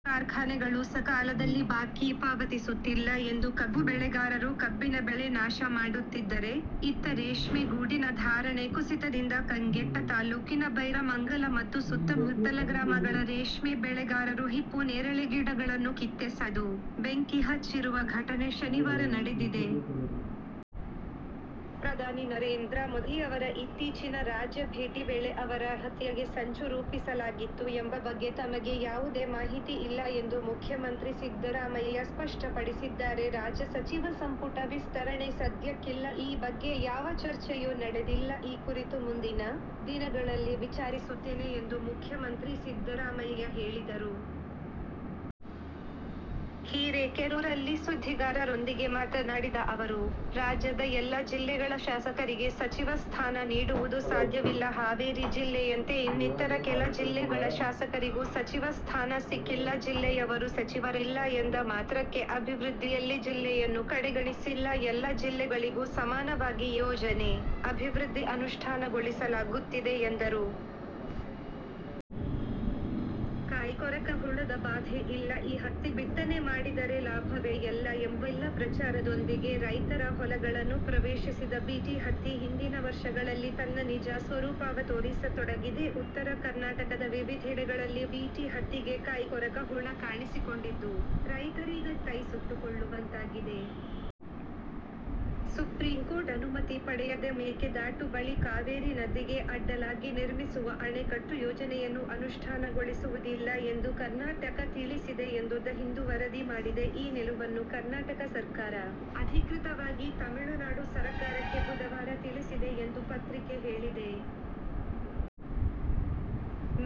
ಅತ್ತ ಕಾರ್ಖಾನೆಗಳು ಸಕಾಲದಲ್ಲಿ ಬಾಕಿ ಪಾವತಿಸುತ್ತಿಲ್ಲ ಎಂದು ಕಬ್ಬು ಬೆಳೆಗಾರರು ಕಬ್ಬಿನ ಬೆಳೆ ನಾಶ ಮಾಡುತ್ತಿದ್ದರೆ, ಇತ್ತ ರೇಷ್ಮೆ ಗೂಡಿನ ಧಾರಣೆ ಕುಸಿತದಿಂದ ಕಂಗೆಟ್ಟ ತಾಲೂಕಿನ ಬೈರಮಂಗಲ ಮತ್ತು ಸುತ್ತಮುತ್ತಲ ಗ್ರಾಮಗಳ ರೇಷ್ಮೆ ಬೆಳೆಗಾರರು ಹಿಪ್ಪುನೇರಳೆ ಗಿಡಗಳನ್ನು ಕಿತ್ತೆಸೆದು, ಬೆಂಕಿ ಹಚ್ಚಿರುವ ಘಟನೆ ಶನಿವಾರ ನಡೆದಿದೆ. ಪ್ರಧಾನಿ ನರೇಂದ್ರ ಮೋದಿ ಅವರ ಇತ್ತೀಚಿನ ರಾಜ್ಯ ಭೇಟಿ ವೇಳೆ ಅವರ ಹತ್ಯೆಗೆ ಸಂಚು ರೂಪಿಸಲಾಗಿತ್ತು ಎಂಬ ಬಗ್ಗೆ ತಮಗೆ ಯಾವುದೇ ಮಾಹಿತಿ ಇಲ್ಲ ಎಂದು ಮುಖ್ಯಮಂತ್ರಿ ಸಿದ್ದರಾಮಯ್ಯ ಸ್ಪಷ್ಟಪಡಿಸಿದ್ದಾರೆ. ರಾಜ್ಯ ಸಚಿವ ಸಂಪುಟ ವಿಸ್ತರಣೆ ಸದ್ಯಕ್ಕಿಲ್ಲ. ಈ ಬಗ್ಗೆ ಯಾವ ಚರ್ಚೆಯೂ ನಡೆದಿಲ್ಲ. ಈ ಕುರಿತು ಮುಂದಿನ ದಿನಗಳಲ್ಲಿ ವಿಚಾರಿಸುತ್ತೇನೆ ಎಂದು ಮುಖ್ಯಮಂತ್ರಿ ಸಿದ್ದರಾಮಯ್ಯ ಹೇಳಿದರು. ಹಿರೇಕೆರೂರಲ್ಲಿ ಸುದ್ದಿಗಾರರೊಂದಿಗೆ ಮಾತನಾಡಿದ ಅವರು, ರಾಜ್ಯದ ಎಲ್ಲ ಜಿಲ್ಲೆಗಳ ಶಾಸಕರಿಗೆ ಸಚಿವ ಸ್ಥಾನ ನೀಡುವುದು ಸಾಧ್ಯವಿಲ್ಲ. ಹಾವೇರಿ ಜಿಲ್ಲೆಯಂತೆ ಇನ್ನಿತರ ಕೆಲ ಜಿಲ್ಲೆಗಳ ಶಾಸಕರಿಗೂ ಸಚಿವ ಸ್ಥಾನ ಸಿಕ್ಕಿಲ್ಲ. ಜಿಲ್ಲೆಯವರು ಸಚಿವರಿಲ್ಲ ಎಂದ ಮಾತ್ರಕ್ಕೆ ಅಭಿವೃದ್ಧಿಯಲ್ಲಿ ಜಿಲ್ಲೆಯನ್ನು ಕಡೆಗಣಿಸಿಲ್ಲ. ಎಲ್ಲ ಜಿಲ್ಲೆಗಳಿಗೂ ಸಮಾನವಾಗಿ ಯೋಜನೆ, ಅಭಿವೃದ್ಧಿ ಅನುಷ್ಠಾನಗೊಳಿಸಲಾಗುತ್ತಿದೆ ಎಂದರು. ಕಾಯಿಕೊರಕ ಹುಳದ ಬಾಧೆ ಇಲ್ಲ. ಈ ಹತ್ತಿ ಬಿತ್ತನೆ ಮಾಡಿದರೆ ಲಾಭವೇ ಎಲ್ಲ ಎಂಬೆಲ್ಲ ಪ್ರಚಾರದೊಂದಿಗೆ ರೈತರ ಹೊಲಗಳನ್ನು ಪ್ರವೇಶಿಸಿದ ಬಿ. ಟಿ. ಹತ್ತಿ ಹಿಂದಿನ ವರ್ಷಗಳಲ್ಲಿ ತನ್ನ ನಿಜ ಸ್ವರೂಪ ತೋರಿಸತೊಡಗಿದೆ. ಉತ್ತರ ಕರ್ನಾಟಕದ ವಿವಿಧೆಡೆಗಳಲ್ಲಿ ಬಿ. ಟಿ. ಹತ್ತಿಗೆ ಕಾಯಿಕೊರಕ ಹುಳ ಕಾಣಿಸಿಕೊಂಡಿದ್ದು, ರೈತರೀಗ ಕೈ ಸುಟ್ಟುಕೊಳ್ಳುವಂತಾಗಿದೆ. ಸುಪ್ರೀಂಕೋರ್ಟ್ ಅನುಮತಿ ಪಡೆಯದೇ ಮೇಕೆ ದಾಟು ಬಳಿ ಕಾವೇರಿ ನದಿಗೆ ಅಡ್ಡಲಾಗಿ ನಿರ್ಮಿಸುವ ಅಣೆಕಟ್ಟು ಯೋಜನೆಯನ್ನು ಅನುಷ್ಠಾನಗೊಳಿಸುವುದಿಲ್ಲ ಎಂದು ಕರ್ನಾ ಟಕ ತಿಳಿಸಿದೆ ಎಂದು "ದ ಹಿಂದು' ವರದಿ ಮಾಡಿದೆ. ಈ ನಿಲುವನ್ನು ಕರ್ನಾಟಕ ಸರ್ಕಾರ, ಅಧಿಕೃತವಾಗಿ ತಮಿಳುನಾಡು ಸರ್ಕಾರಕ್ಕೆ ಬುಧವಾರ ತಿಳಿಸಿದೆ ಎಂದು ಪತ್ರಿಕೆ ಹೇಳಿದೆ.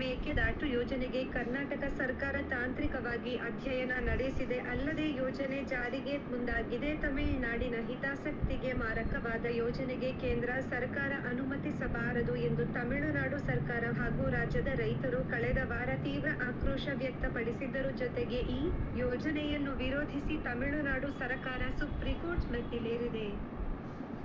"ಮೇಕೆದಾಟು ಯೋಜನೆಗೆ ಕರ್ನಾಟಕ ಸರ್ಕಾರ ತಾಂತ್ರಿಕವಾಗಿ ಅಧ್ಯಯನ ನಡೆಸಿದೆ. ಅಲ್ಲದೇ ಯೋಜನೆ ಜಾರಿಗೆ ಮುಂದಾಗಿದೆ. ತಮಿಳ್ನಾಡಿನ ಹಿತಾಸಕ್ತಿಗೆ ಮಾರಕವಾದ ಯೋಜನೆಗೆ ಕೇಂದ್ರ ಸರ್ಕಾರ ಅನುಮತಿಸಬಾರದು' ಎಂದು ತಮಿಳುನಾಡು ಸರ್ಕಾರ ಹಾಗೂ ರಾಜ್ಯದ ರೈತರು ಕಳೆದ ವಾರ ತೀವ್ರ ಆಕ್ರೋಶ ವ್ಯಕ್ತಪಡಿಸಿದ್ದರು. ಜತೆಗೆ ಈ ಯೋಜನೆಯನ್ನು ವಿರೋಧಿಸಿ ತಮಿಳುನಾಡು ಸರ್ಕಾರ ಸುಪ್ರೀಕೋರ್ಟ್ ಮೆಟ್ಟಿಲೇರಿದೆ.